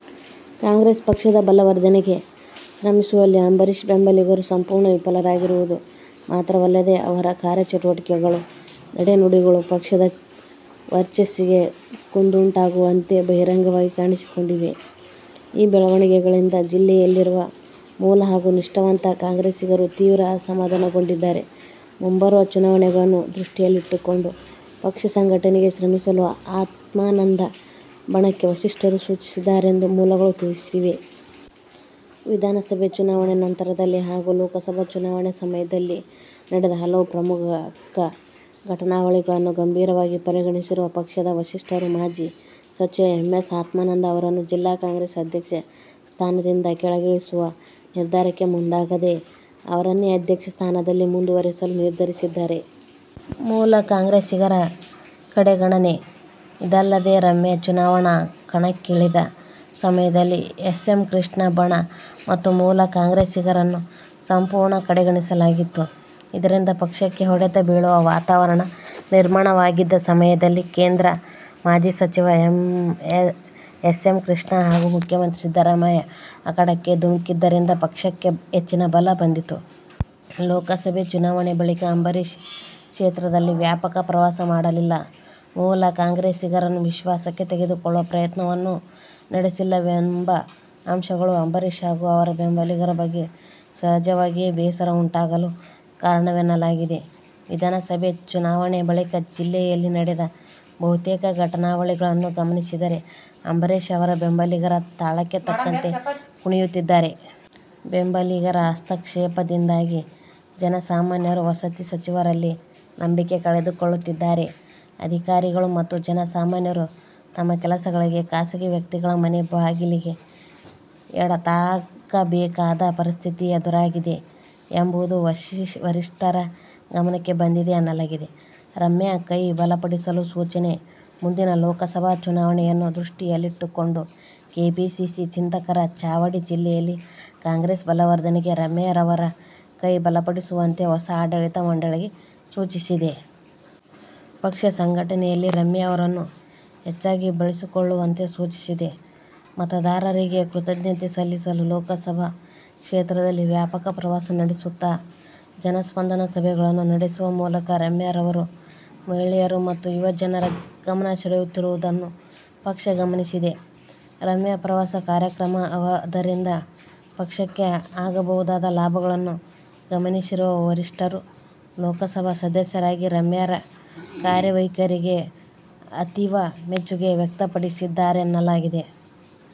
ಕಾಂಗ್ರೆಸ್ ಪಕ್ಷದ ಬಲವರ್ಧನೆಗೆ ಶ್ರಮಿಸುವಲ್ಲಿ ಅಂಬರೀಶ್ ಬೆಂಬಲಿಗರು ಸಂಪೂರ್ಣ ವಿಫಲರಾಗಿರುವುದು ಮಾತ್ರವಲ್ಲದೆ, ಅವರ ಕಾರ್ಯಚಟುವಟಿಕೆಗಳು, ನಡೆ-ನುಡಿಗಳು ಪಕ್ಷದ ವರ್ಚಸ್ಸಿಗೆ ಕುಂದುಂಟಾಗುವಂತೆ ಬಹಿರಂಗವಾಗಿ ಕಾಣಿಸಿಕೊಂಡಿವೆ. ಈ ಬೆಳವಣಿಗೆಗಳಿಂದ ಜಿಲ್ಲೆಯಲ್ಲಿರುವ ಮೂಲ ಹಾಗೂ ನಿಷ್ಠಾವಂತ ಕಾಂಗ್ರೆಸ್ಸಿಗರು ತೀವ್ರ ಅಸಮಾಧಾನಗೊಂಡಿದ್ದಾರೆ. ಮುಂಬರುವ ಚುನಾವಣೆಗಳನ್ನು ದೃಷ್ಟಿಯಲ್ಲಿಟ್ಟುಕೊಂಡು ಪಕ್ಷ ಸಂಘಟನೆಗೆ ಶ್ರಮಿಸಲು ಆತ್ಮಾನಂದ ಬಣಕ್ಕೆ ವರಿಷ್ಠರು ಸೂಚಿಸಿದ್ದಾರೆಂದು ಮೂಲಗಳು ತಿಳಿಸಿವೆ. ವಿಧಾನಸಭೆ ಚುನಾವಣೆ ನಂತರದಲ್ಲಿ ಹಾಗೂ ಲೋಕಸಭಾ ಚುನಾವಣೆ ಸಮಯದಲ್ಲಿ ನಡೆದ ಹಲವು ಪ್ರಮುಖ ಘಟನಾವಳಿಗಳನ್ನು ಗಂಭೀರವಾಗಿ ಪರಿಗಣಿಸಿರುವ ಪಕ್ಷದ ವರಿಷ್ಠರು ಮಾಜಿ ಸಚಿವ ಎಂ. ಎಸ್. ಆತ್ಮಾನಂದ ಅವರನ್ನು ಜಿಲ್ಲಾ ಕಾಂಗ್ರೆಸ್ ಅಧ್ಯಕ್ಷ ಸ್ಥಾನದಿಂದ ಕೆಳಗಿಳಿಸುವ ನಿರ್ಧಾರಕ್ಕೆ ಮುಂದಾಗದೆ ಅವರನ್ನೇ ಅಧ್ಯಕ್ಷ ಸ್ಥಾನದಲ್ಲಿ ಮುಂದುವರೆಸಲು ನಿರ್ಧರಿಸಿದ್ದಾರೆ. ಮೂಲ ಕಾಂಗ್ರೆಸ್ಸಿಗರ ಕಡೆಗಣನೆ:ಇದಲ್ಲದೆ ರಮ್ಯಾ ಚುನಾವಣಾ ಕಣಕ್ಕಿಳಿದ ಸಮಯದಲ್ಲಿ ಎಸ್. ಎಂ. ಕೃಷ್ಣ ಬಣ ಮತ್ತು ಮೂಲ ಕಾಂಗ್ರೆಸ್ಸಿಗರನ್ನು ಸಂಪೂರ್ಣ ಕಡೆಗಣಿಸಲಾಗಿತ್ತು. ಇದರಿಂದ ಪಕ್ಷಕ್ಕೆ ಹೊಡೆತ ಬೀಳುವ ವಾತಾವರಣ ನಿರ್ಮಾಣವಾಗಿದ್ದ ಸಮಯದಲ್ಲಿ ಕೇಂದ್ರ ಮಾಜಿ ಸಚಿವ ಎಸ್. ಎಂ. ಕೃಷ್ಣ ಹಾಗೂ ಮುಖ್ಯಮಂತ್ರಿ ಸಿದ್ದರಾಮಯ್ಯ ಅಖಾಡಕ್ಕೆ ಧುಮುಕಿದ್ದರಿಂದ ಪಕ್ಷಕ್ಕೆ ಹೆಚ್ಚಿನ ಬಲ ಬಂದಿತು. ಲೋಕಸಭೆ ಚುನಾವಣೆ ಬಳಿಕ ಅಂಬರೀಶ್ ಕ್ಷೇತ್ರದಲ್ಲಿ ವ್ಯಾಪಕ ಪ್ರವಾಸ ಮಾಡಲಿಲ್ಲ. ಮೂಲ ಕಾಂಗ್ರೆಸ್ಸಿಗರನ್ನು ವಿಶ್ವಾಸಕ್ಕೆ ತೆಗೆದುಕೊಳ್ಳುವ ಪ್ರಯತ್ನವನ್ನೂ ನಡೆಸಲಿಲ್ಲವೆಂಬ ಅಂಶಗಳು ಅಂಬರೀಶ್ ಹಾಗೂ ಅವರ ಬೆಂಬಲಿಗರ ಬಗ್ಗೆ ಸಹಜವಾಗಿಯೇ ಬೇಸರ ಉಂಟಾಗಲು ಕಾರಣವೆನ್ನಲಾಗಿದೆ. ವಿಧಾನಸಬೆ ಚುನಾವಣೆ ಬಳಿಕ ಜಿಲ್ಲೆಯಲ್ಲಿ ನಡೆದ ಬಹುತೇಕ ಘಟನಾವಳಿಗಳನ್ನು ಗಮನಿಸಿದರೆ ಅಂಬರೀಶ್ ಅವರ ಬೆಂಬಲಿಗರ ತಾಳಕ್ಕೆ ತಕ್ಕಂತೆ ಕುಣಿಯುತ್ತಿದ್ದಾರೆ. ಬೆಂಬಲಿಗರ ಹಸ್ತಕ್ಷೇಪದಿಂದಾಗಿ ಜನಸಾಮಾನ್ಯರು ವಸತಿ ಸಚಿವರಲ್ಲಿ ನಂಬಿಕೆ ಕಳೆದುಕೊಳ್ಳುತ್ತಿದ್ದಾರೆ. ಅಧಿಕಾರಿಗಳು ಮತ್ತು ಜನಸಾಮಾನ್ಯರು ತಮ್ಮ ಕೆಲಸಗಳಿಗೆ ಖಾಸಗಿ ವ್ಯಕ್ತಿಗಳ ಮನೆ ಬಾಗಿಲಿಗೆ ಎಡತಾಕಬೇಕಾದ ಪರಿಸ್ಥಿತಿ ಎದುರಾಗಿದೆ ಎಂಬುದು ವರಿಷ್ಠರ ಗಮನಕ್ಕೆ ಬಂದಿದೆ ಎನ್ನಲಾಗಿದೆ. ರಮ್ಯಾ ಕೈ ಬಲಪಡಿಸಲು ಸೂಚನೆ:ಮುಂದಿನ ಲೋಕಸಭಾ ಚುನಾವಣೆಯನ್ನು ದೃಷ್ಟಿಯಲ್ಲಿಟ್ಟುಕೊಂಡು ಕೆಪಿಸಿಸಿ ಚಿಂತಕರ ಚಾವಡಿ ಜಿಲ್ಲೆಯಲ್ಲಿ ಕಾಂಗ್ರೆಸ್ ಬಲವರ್ಧನೆಗೆ ರಮ್ಯಾರವರ ಕೈ ಬಲಪಡಿಸುವಂತೆ ಹೊಸ ಆಡಳಿತ ಮಂಡಳಿಗೆ ಸೂಚಿಸಿದೆ. ಪಕ್ಷ ಸಂಘಟನೆಯಲ್ಲಿ ರಮ್ಯಾ ಅವರನ್ನು ಹೆಚ್ಚಾಗಿ ಬಳಸಿಕೊಳ್ಳುವಂತೆ ಸೂಚಿಸಿದೆ. ಮತದಾರರಿಗೆ ಕೃತಜ್ಞತೆ ಸಲ್ಲಿಸಲು ಲೋಕಸಬಾ ಕ್ಷೇತ್ರದಲ್ಲಿ ವ್ಯಾಪಕ ಪ್ರವಾಸ ನಡೆಸುತ್ತಾ, ಜನಸ್ಪಂದನ ಸಭೆಗಳನ್ನು ನಡೆಸುವ ಮೂಲಕ ರಮ್ಯಾರವರು ಮಹಿಳೆಯರು ಮತ್ತು ಯುವ ಜನರ ಗಮನಸೆಳೆಯುತ್ತಿರುವುದನ್ನು ಪಕ್ಷ ಗಮನಿಸಿದೆ. ರಮ್ಯಾ ಪ್ರವಾಸ ಕಾರ್ಯಕ್ರಮ, ಅದರಿಂದ ಪಕ್ಷಕ್ಕೆ ಆಗಬಹುದಾದ ಲಾಭಗಳನ್ನು ಗಮನಿಸಿರುವ ವರಿಷ್ಠರು ಲೋಕಸಭಾ ಸದಸ್ಯರಾಗಿ ರಮ್ಯಾರ ಕಾರ್ಯವೈಖರಿಗೆ ಅತೀವ ಮೆಚ್ಚುಗೆ ವ್ಯಕ್ತಪಡಿಸಿದ್ದಾರೆನ್ನಲಾಗಿದೆ.